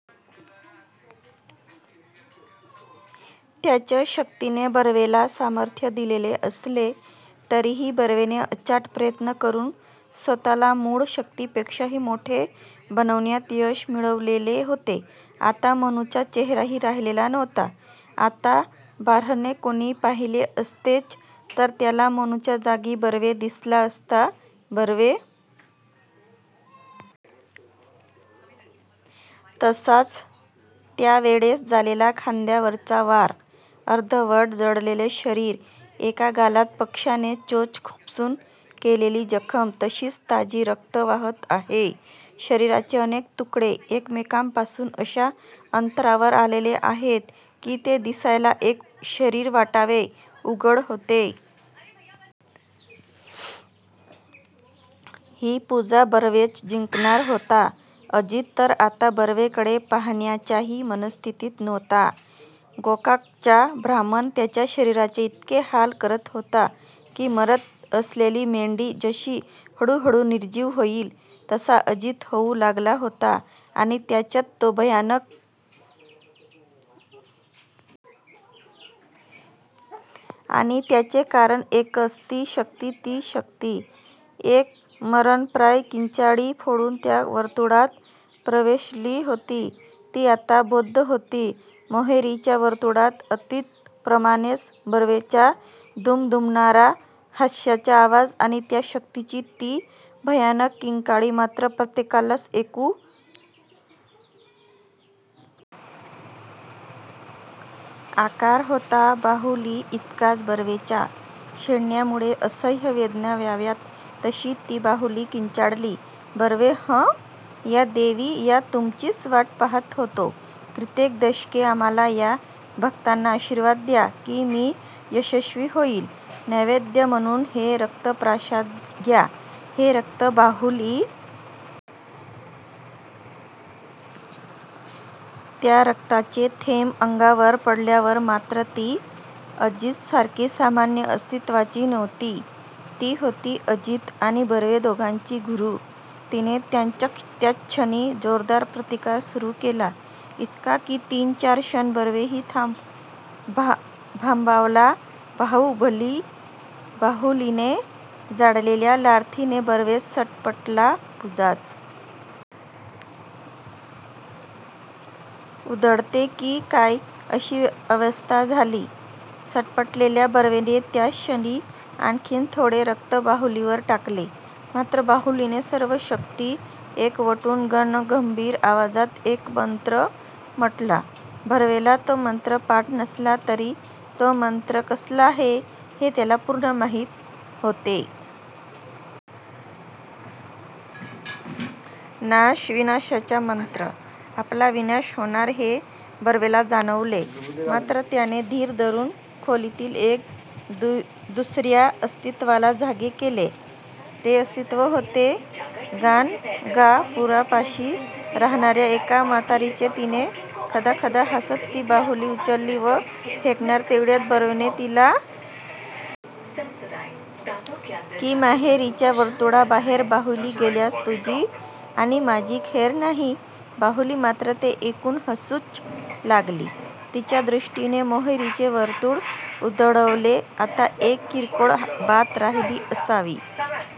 त्याच शक्तीने बर्वेला सामर्थ्य दिलेले असले तरीही बर्वेने अचाट प्रयत्न करून स्वतःला मूळ शक्तीपेक्षाही मोठे बनवण्यात यश मिळवलेले होते. आता मनूचा चेहराही राहिलेला नव्हता, आताबाहेर्न कुणी पाहिले असतेच तर त्याला मनूच्या जागी बर्वे दिसला असता. बर्वे! तसाच त्या वेळेस झालेला खांद्यावरचा वार! अर्धवट जळलेले शरीर एका गालात पक्ष्याने चोच खुपसून केलेली जखम तशीच ताजी रक्त वाहात आहे. शरीराचे अनेक तुकडे एकमेकांपासून अशा अंतरावर आलेले आहेत की ते दिसायला एक शरीर वाटावे उघड होते. ही पूजा बर्वेच जिंकणार होता. अजित तर आता बर्वेकडे पाहण्याच्याही मनस्थितीत नव्हता गोकाकचा ब्राह्मण त्याच्या शरीराचे इतके हाल करत होता. की मरत असलेली मेंढी जशी हळूहळू निर्जीव होईल तसा अजित होऊ लागला होता. आणि त्यातच तो भयानक प्रकार घडला केवळ सातव्या मिनिटालाच अख्खे दिवे गाव त्या आवाजाने हादरले, स्मशानामागे असलेल्या हाडांच्या तुकड्यांमध्ये जणू जीव आला. आणि त्याचे कारण एकच ती शक्ती ती शक्ती एक मरणप्राय किंचाळी फोडून त्या वर्तुळात प्रवेशली होती. ती आता बद्ध होती मोहरीच्या वर्तुळात अजितप्रमाणेच, बर्वेचा दुमदुमणारा हास्याचा आवाज आणि त्या शक्तीची ती भयानक किंकाळी मात्र प्रत्येकालाच ऐकू आली. आकार होता बाहुलीइतकाच, बर्वेच्या छेडण्यामुळे असह्य वेदना व्हाव्यात तशी ती बाहुली किंचाळली, बर्वे हं! या देवी या तुमचीच वाट पाहात होतो. कित्येक दशके, आम्हाला या भक्ताला आशीर्वाद द्या, की मी यशस्वी होईन. नैवेद्य म्हणून हे रक्त प्राशा घ्या, हे रक्त बाहुली तडफडत किंचाळत होती. त्या रक्ताचे थेंब अंगावर पडल्यावर! मात्र ती अजितसारखी सामान्य अस्तित्वाची नव्हती. ती होती अजित आणि बर्वे दोघांची गुरू! तिने त्याच्क्षणी जोरदार प्रतिकार सुरू केला. इतका, की तीन चार क्षण बर्वेही भांबावला. बाहुलीने झाडलेल्या लाथेने बर्वे सटपटला. पूजाच उधळते की काय अशी अवस्था झाली. सटपटलेल्या बर्वेने त्याच क्षणी आणखीन थोडे रक्त बाहुलीवर टाकले. मात्र बाहुलीने सर्व शक्ती एकवटून घनगंभीर आवाजात एक मंत्र म्हंटला, बर्वेला तो मंत्र पाठ नसला तरी तो मंत्र कसला आहे हे त्याला पूर्ण माहीत होते. नाश! विनाशाचा मंत्र! आपला विनाश होणार हे बर्वेला जाणवले! मात्र त्याने धीर धरून खोलीतील एका दुसर्या अस्तित्वाला जागे केले. ते अस्तित्व होते गाणगापूरपाशी राहणार्या एका म्हातारीचे तिने खदाखदा हासत, ती बाहुली उचलली व फेकणार तेवढ्यात बर्वेने तिला जाणीव दिली. की मोहरीच्या वर्तुळाबाहेर बाहुली गेल्यास तुझी आणि माझी खैर नाही. बाहुली मात्र ते ऐकून हसूच लागली. तिच्या दृष्टीने मोहरीचे वर्तुळ उधळवणे आता एक किरकोळ बात राहिली असावी.